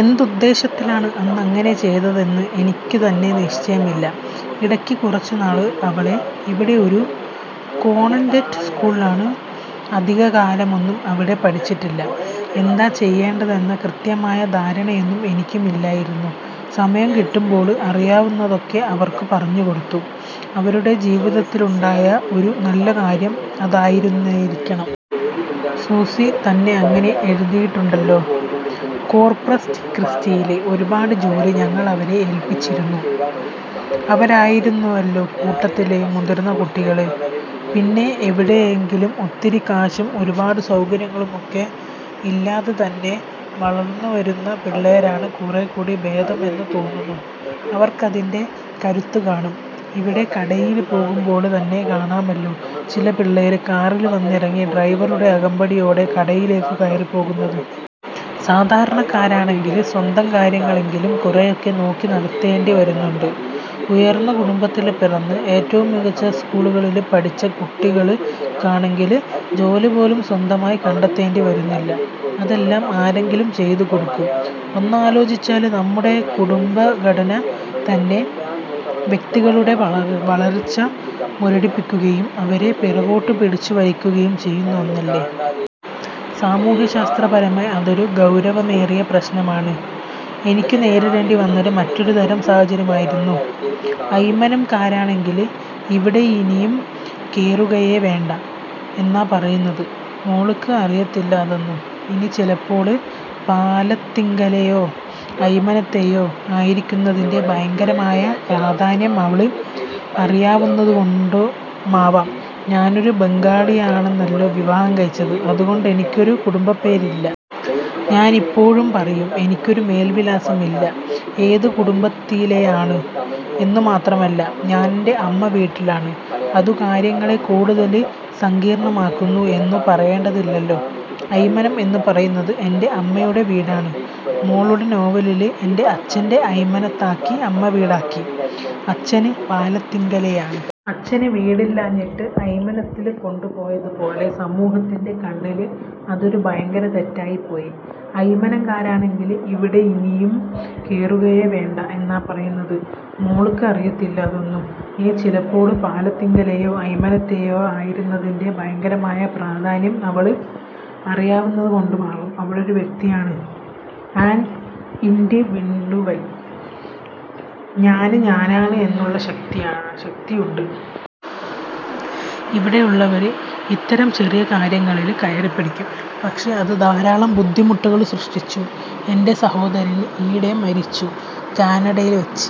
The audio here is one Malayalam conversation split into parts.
എന്തുദ്ദേശത്തിലാണ് അന്ന് അങ്ങനെ ചെയ്തതെന്ന് എനിക്കുതന്നെ നിശ്ചയമില്ല. ഇടയ്ക്ക് കുറച്ചുനാള് അവളെ ഇവിടെ ഒരു കോണ്വെന്റ് സ്കൂളിലാക്കി. അധികകാലമൊന്നും അവിടെ പഠിച്ചില്ല. എന്താ ചെയ്യേണ്ടതെന്ന കൃത്യമായ ധാരണയൊന്നും എനിക്കും ഇല്ലായിരുന്നു. സമയം കിട്ടുമ്പോള് അറിയാവുന്നതൊക്കെ അവര്ക്കു പറഞ്ഞുകൊടുത്തു. അവരുടെ ജീവിതത്തിലുണ്ടായ ഒരു നല്ല കാര്യം അതായിരുന്നിരിക്കണം. സൂസി തന്നെ അങ്ങനെ എഴുതിയിട്ടുണ്ടല്ലോ. കോര്പ്പസ്ക്രിസ്റ്റിയിലെ ഒരുപാട് ജോലി ഞങ്ങള് അവരെ ഏല്പിച്ചിരുന്നു. അവരായിരുന്നുവല്ലോ കൂട്ടത്തില് മുതിര്ന്ന കുട്ടികള്. പിന്നെ എവിടെയായാലും ഒത്തിരി കാശും ഒരുപാട് സൗകര്യങ്ങളും ഒക്കെ ഇല്ലാതെ തന്നെ വളര്ന്നുവരുന്ന പിള്ളേരാണ് കുറേക്കൂടി ഭേദം എന്നു തോന്നുന്നു. അവര്ക്കതിന്റെ കരുത്ത് കാണും. ഇവിടെ കടയില് പോകുമ്പോള് തന്നെ കാണാമല്ലോ ചില പിള്ളേര് കാറില് വന്നിറങ്ങി ഡ്രൈവറുടെ അകമ്പടിയോടെ കടയിലേക്കു കയറിപ്പോകുന്നത്. സാധാരണക്കാര്ക്കാണെങ്കില് സ്വന്തം കാര്യങ്ങളെങ്കിലും കുറേയൊക്കെ നോക്കി നടത്തേണ്ടിവരുന്നുണ്ട്. 'ഉയര്ന്ന' കുടുംബത്തില് പിറന്ന് ഏറ്റവും മികച്ച സ്കൂളുകളില് പഠിച്ച കുട്ടികള്ക്കാണെങ്കില് ജോലിപോലും സ്വന്തമായി കണ്ടെത്തേണ്ടി വരുന്നില്ല. അതെല്ലാം ആരെങ്കിലും ചെയ്തുകൊടുക്കും. ഒന്നാലോചിച്ചാല്, നമ്മുടെ കുടുംബഘടന തന്നെ വ്യക്തികളുടെ വളര്ച്ച മുരടിപ്പിക്കുകയും അവരെ പിറകോട്ടു പിടിച്ചു വലിക്കുകയും ചെയ്യുന്ന ഒന്നല്ലേ? സാമൂഹ്യശാസ്ത്രപരമായി അതൊരു ഗൗരവമേറിയ പ്രശ്നമാണ്. എനിക്കു നേരിടേണ്ടിവന്നത് മറ്റൊരുതരം സാഹചര്യമായിരുന്നു. 'അയ്മനം'കാരാണെങ്കില് ''ഇവിടിനിയും കേറുകയേ വേണ്ട'' എന്നാ പറയുന്നത്. മോള്ക്ക് അറിയത്തില്ല അതൊന്നും. ഇനി ചിലപ്പോള് 'പാലത്തിങ്കലെ'യോ 'അയ്മന'ത്തെയോ ആയിരിക്കുന്നതിന്റെ 'ഭയങ്കരമായ' പ്രാധാന്യം അവള്ക്ക് അറിയാവുന്നതുകൊണ്ടുമാവാം ഞാനൊരു ബംഗാളിയെയാണല്ലോ വിവാഹം കഴിച്ചത്. അതുകൊണ്ട് എനിക്കൊരു കുടംബപ്പേര് ഇല്ല. ഞാനെപ്പോഴും പറയും ''എനിക്കൊരു മേല്വിലാസം ഇല്ല. '' ഏതു കുടുംബത്തിലേയാണ്? എന്നു മാത്രമല്ല, ഞാനെന്റെ അമ്മ വീട്ടിലാണ്. അതു കാര്യങ്ങളെ കൂടുതല് സങ്കീര്ണ്ണമാക്കുന്നു എന്നു പറയേണ്ടതില്ലല്ലോ. 'അയ്മനം' എന്നു പറയുന്നത് എന്റെ അമ്മയുടെ വീടാണ്. മോളുടെ നോവലില് എന്റെ അച്ഛനെ അയ്മനത്താക്കി അമ്മവീട്ടിലാക്കി. അച്ഛന് പാലത്തിങ്കലേയാണ്. അച്ഛനു വീടില്ലാഞ്ഞിട്ട് അയ്മനത്തില് കൊണ്ടുപോയതുപോലെ. സമൂഹത്തിന്റെ കണ്ണില് അതൊരു ഭയങ്കര തെറ്റായിപ്പോയി. 'അയ്മനം'കാരാണെങ്കില് ''ഇവിടിനിയും കേറുകയേ വേണ്ട'' എന്നാ പറയുന്നത്. മോള്ക്ക് അറിയത്തില്ല അതൊന്നും. ഇനി ചിലപ്പോള് 'പാലത്തിങ്കലെ'യോ 'അയ്മന'ത്തെയോ ആയിരിക്കുന്നതിന്റെ 'ഭയങ്കരമായ' പ്രാധാന്യം അവള്ക്ക് അറിയാവുന്നതുകൊണ്ടുമാവാം. അവളൊരു വ്യക്തിയാണ്, ആന് ഇന്ഡിവിഡുവല്. ഞാന് ഞാനാണ് എന്നുള്ള ശക്തിയുണ്ട്. ഇവിടെയുള്ളവര് ഇത്തരം ചെറിയ കാര്യങ്ങളില് കയറിപ്പിടിക്കും. പക്ഷേ, അത് ധാരാളം ബുദ്ധിമുട്ടുകള് സൃഷ്ടിച്ചു. എന്റെ സഹോദരന് ഈയിടെ മരിച്ചു. കാനഡയില്വെച്ച്.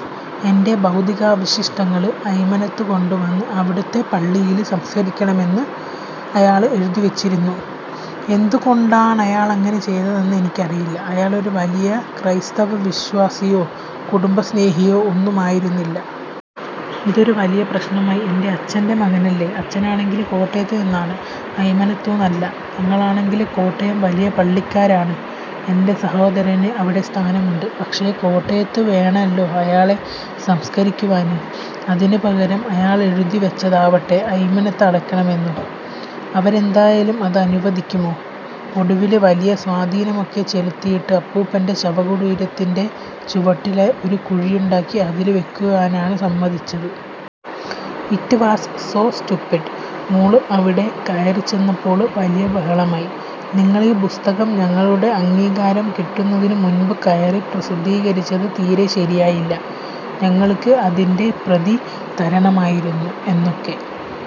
'എന്റെ ഭൗതികാവശിഷ്ടങ്ങള് അയ്മനത്തുകൊണ്ടുവന്ന് അവിടുത്തെ പള്ളിയില് സംസ്കരിക്കണമെന്ന്' അയാള് എഴുതിവെച്ചിരുന്നു. എന്തുകൊണ്ടാണയാളങ്ങനെ ചെയ്തതെന്ന് എനിക്കറിയില്ല. അയാളൊരു വലിയ ക്രൈസ്തവ വിശ്വാസിയോ 'കുടുംബ സ്നേഹിയോ' ഒന്നും ആയിരുന്നില്ല. ഇതൊരു വലിയ പ്രശ്നമായി. എന്റെ അച്ഛന്റെ മകനല്ലേ? അച്ഛനാണെങ്കില് കോട്ടയത്തു നിന്നാണ്, അയ്മനത്തൂന്നല്ല. ഞങ്ങളാണെങ്കില് കോട്ടയം വലിയ പള്ളിക്കാരാണ്. എന്റെ സഹോദരന് അവിടെ സ്ഥാനമുണ്ട്. പക്ഷേ, കോട്ടയത്തു വേണല്ലോ അയാളെ സംസ്കരിക്കുവാന്. അതിനു പകരം അയാളെഴുതി വെച്ചതാവട്ടെ അയ്മനത്ത് അടക്കണമെന്നും! അവരെന്തായാലും അത് അനുവദിക്കുമോ? ഒടുവില് വലിയ സ്വാധീനമൊക്കെ ചെലുത്തിയിട്ട് അപ്പൂപ്പന്റെ ശവകുടീരത്തിന്റെ ചുവട്ടിലായി ഒരു കുഴിയുണ്ടാക്കി അതില് വെക്കുവാന് സമ്മതിച്ചു. It was so stupid. മോള് അവിടെ കയറിച്ചെന്നപ്പോള് വലിയ ബഹളമായി. ''നിങ്ങളീ പുസ്തകം ഞങ്ങളുടെ അംഗീകാരം കിട്ടുന്നതിനു മുന്പു കയറി പ്രസിദ്ധീകരിച്ചത് തീരെ ശരിയായില്ല. ഞങ്ങള്ക്ക് അതിന്റെ പ്രതി തരണമായിരുന്നു''- എന്നൊക്കെ.